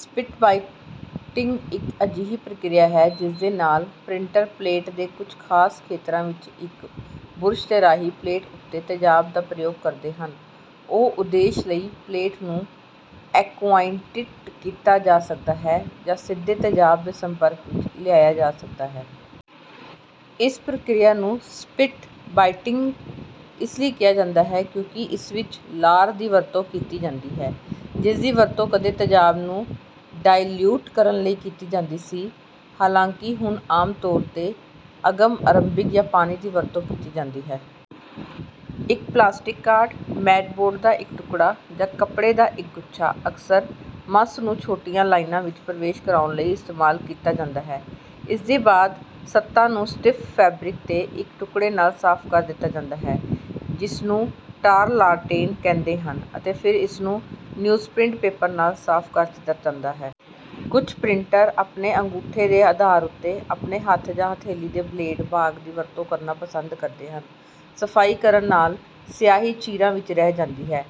Spit biting ਇੱਕ ਅਜਿਹੀ ਪ੍ਰਕਿਰਿਆ ਹੈ, ਜਿਸਦੇ ਨਾਲ ਪ੍ਰਿੰਟਰ ਪਲੇਟ ਦੇ ਕੁਝ ਖਾਸ ਖੇਤਰਾਂ ਵਿੱਚ ਇੱਕ ਬੁਰਸ਼ ਦੇ ਰਾਹੀਂ ਪਲੇਟ ਉੱਤੇ ਤੇਜ਼ਾਬ ਦਾ ਪ੍ਰਯੋਗ ਕਰਦੇ ਹਨ। ਓਹ ਉਦੇਸ਼ ਲਈ ਪਲੇਟ ਨੂੰ ਐਕੁਆਟਿੰਟ ਕੀਤਾ ਜਾ ਸਕਦਾ ਹੈ, ਜਾਂ ਸਿੱਧੇ ਤੇਜ਼ਾਬ ਦੇ ਸੰਪਰਕ ਵਿੱਚ ਲਿਆਇਆ ਜਾ ਸਕਦਾ ਹੈ। ਇਸ ਪ੍ਰਕਿਰਿਆ ਨੂੰ ਸਪਿਟ-ਬਾਇਟਿੰਗ ਇਸ ਲਈ ਕਿਹਾ ਜਾਂਦਾ ਹੈ, ਕਿਉਂਕਿ ਇਸ ਵਿੱਚ ਲਾਰ ਦੀ ਵਰਤੋਂ ਕੀਤੀ ਜਾਂਦੀ ਸੀ, ਜਿਸਦੀ ਵਰਤੋਂ ਕਦੇ ਤੇਜ਼ਾਬ ਨੂੰ ਡਾਇਲਿਊਟ ਕਰਨ ਲਈ ਕੀਤੀ ਜਾਂਦੀ ਸੀ, ਹਾਲਾਂਕਿ ਹੁਣ ਆਮ ਤੌਰ 'ਤੇ ਆਗਮ ਅਰਬਿਕ ਜਾਂ ਪਾਣੀ ਦੀ ਵਰਤੋਂ ਕੀਤੀ ਜਾਂਦੀ ਹੈ। ਇੱਕ ਪਲਾਸਟਿਕ ਕਾਰਡ, ਮੈਟ ਬੋਰਡ ਦਾ ਇੱਕ ਟੁਕੜਾ, ਜਾਂ ਕੱਪੜੇ ਦਾ ਇੱਕ ਗੁੱਛਾ ਅਕਸਰ ਮੱਸ ਨੂੰ ਛੋਟੀਆਂ ਲਾਈਨਾਂ ਵਿੱਚ ਪ੍ਰਵੇਸ਼ ਕਰਾਉਣ ਲਈ ਇਸਤੇਮਾਲ ਕੀਤਾ ਜਾਂਦਾ ਹੈ। ਇਸਦੇ ਬਾਅਦ ਸਤ੍ਹਾ ਨੂੰ ਸਟੀਫ ਫੈਬਰਿਕ ਦੇ ਇੱਕ ਟੁਕੜੇ ਨਾਲ ਸਾਫ਼ ਕਰ ਦਿੱਤਾ ਜਾਂਦਾ ਹੈ, ਜਿਸਨੂੰ ਟਾਰਲਾਟੈਨ ਕਹਿੰਦੇ ਹਨ, ਅਤੇ ਫਿਰ ਇਸਨੂੰ ਨਿਊਜ਼ਪ੍ਰਿੰਟ ਪੇਪਰ ਨਾਲ ਸਾਫ਼ ਕਰ ਦਿੱਤਾ ਜਾਂਦਾ ਹੈ। ਕੁਝ ਪ੍ਰਿੰਟਰ ਆਪਣੇ ਅੰਗੂਠੇ ਦੇ ਆਧਾਰ ਉੱਤੇ, ਆਪਣੇ ਹੱਥ ਜਾਂ ਹਥੇਲੀ ਦੇ ਬਲੇਡ ਭਾਗ ਦੀ ਵਰਤੋਂ ਕਰਨਾ ਪਸੰਦ ਕਰਦੇ ਹਨ। ਸਫਾਈ ਕਰਨ ਨਾਲ ਸਿਆਹੀ ਚੀਰਾਂ ਵਿੱਚ ਰਹਿ ਜਾਂਦੀ ਹੈ।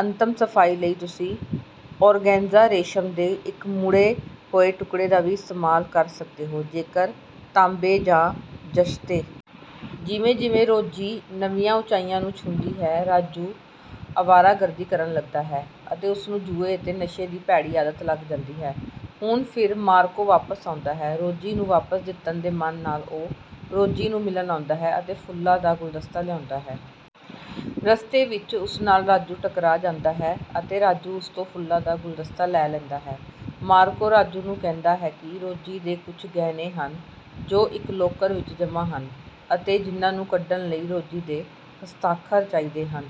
ਅੰਤਮ ਸਫਾਈ ਲਈ ਤੁਸੀਂ ਓਰਗੈਂਜਾ ਰੇਸ਼ਮ ਦੇ ਇੱਕ ਮੁੜੇ ਹੋਏ ਟੁਕੜੇ ਦਾ ਵੀ ਇਸਤੇਮਾਲ ਕਰ ਸਕਦੇ ਹੋ, ਜੇਕਰ ਤਾਂਬੇ ਜਾਂ ਜ਼ਸਤੇ। ਜਿਵੇਂ-ਜਿਵੇਂ ਰੋਜੀ ਨਵੀਆਂ ਉੱਚਾਈਆਂ ਨੂੰ ਛੂਹਦੀ ਹੈ, ਰਾਜੂ ਆਵਾਰਾਗਰਦੀ ਕਰਨ ਲੱਗਦਾ ਹੈ ਅਤੇ ਉਸਨੂੰ ਜੂਏ ਅਤੇ ਨਸ਼ੇ ਦੀ ਭੈੜੀ ਆਦਤ ਲੱਗ ਜਾਂਦੀ ਹੈ। ਹੁਣ ਫਿਰ ਮਾਰਕੋ ਵਾਪਸ ਆਉਂਦਾ ਹੈ। ਰੋਜੀ ਨੂੰ ਵਾਪਸ ਜਿੱਤਣ ਦੇ ਮਨ ਨਾਲ, ਉਹ ਰੋਜੀ ਨੂੰ ਮਿਲਣ ਆਉਂਦਾ ਹੈ ਅਤੇ ਫੁੱਲਾਂ ਦਾ ਗੁਲਦਸਤਾ ਲਿਆਉਂਦਾ ਹੈ। ਰਸਤੇ ਵਿੱਚ ਉਸ ਨਾਲ ਰਾਜੂ ਟਕਰਾ ਜਾਂਦਾ ਹੈ ਅਤੇ ਰਾਜੂ ਉਸ ਤੋਂ ਫੁੱਲਾਂ ਦਾ ਗੁਲਦਸਤਾ ਲੈ ਲੈਂਦਾ ਹੈ। ਮਾਰਕੋ ਰਾਜੂ ਨੂੰ ਕਹਿੰਦਾ ਹੈ ਕਿ ਰੋਜੀ ਦੇ ਕੁਝ ਗਹਿਣੇ ਹਨ ਜੋ ਇੱਕ ਲੋਕਰ ਵਿੱਚ ਜਮ੍ਹਾਂ ਹਨ ਅਤੇ ਜਿਨ੍ਹਾਂ ਨੂੰ ਕੱਢਣ ਲਈ ਰੋਜੀ ਦੇ ਹਸਤਾਖਰ ਚਾਹੀਦੇ ਹਨ।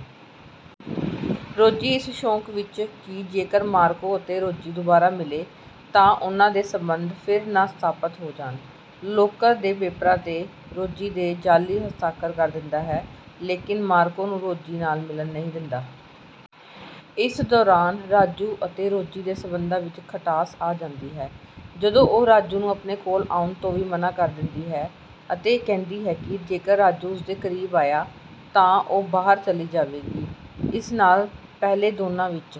ਰਾਜੂ, ਇਸ ਸ਼ੌਂਕ ਵਿੱਚ ਕਿ ਜੇਕਰ ਮਾਰਕੋ ਅਤੇ ਰੋਜੀ ਦੁਬਾਰਾ ਮਿਲੇ ਤਾਂ ਉਨ੍ਹਾਂ ਦੇ ਸਬੰਧ ਫਿਰ ਨਾ ਸਥਾਪਤ ਹੋ ਜਾਣ, ਲੋਕਰ ਦੇ ਪੇਪਰਾਂ 'ਤੇ ਰੋਜੀ ਦੇ ਜਾਅਲੀ ਹਸਤਾਖਰ ਕਰ ਦਿੰਦਾ ਹੈ, ਲੇਕਿਨ ਮਾਰਕੋ ਨੂੰ ਰੋਜੀ ਨਾਲ ਮਿਲਣ ਨਹੀਂ ਦਿੰਦਾ। ਇਸ ਦੌਰਾਨ ਰਾਜੂ ਅਤੇ ਰੋਜੀ ਦੇ ਸਬੰਧਾਂ ਵਿੱਚ ਖਟਾਸ ਆ ਜਾਂਦੀ ਹੈ, ਜਦੋਂ ਉਹ ਰਾਜੂ ਨੂੰ ਆਪਣੇ ਕੋਲ ਆਉਣ ਤੋਂ ਵੀ ਮਨਾ ਕਰ ਦਿੰਦੀ ਹੈ ਅਤੇ ਕਹਿੰਦੀ ਹੈ ਕਿ ਜੇਕਰ ਰਾਜੂ ਉਸਦੇ ਕਰੀਬ ਆਇਆ ਤਾਂ ਉਹ ਬਾਹਰ ਚਲੀ ਜਾਵੇਗੀ। ਇਸ ਨਾਲ ਪਹਿਲਾਂ ਦੋਨਾਂ ਵਿੱਚ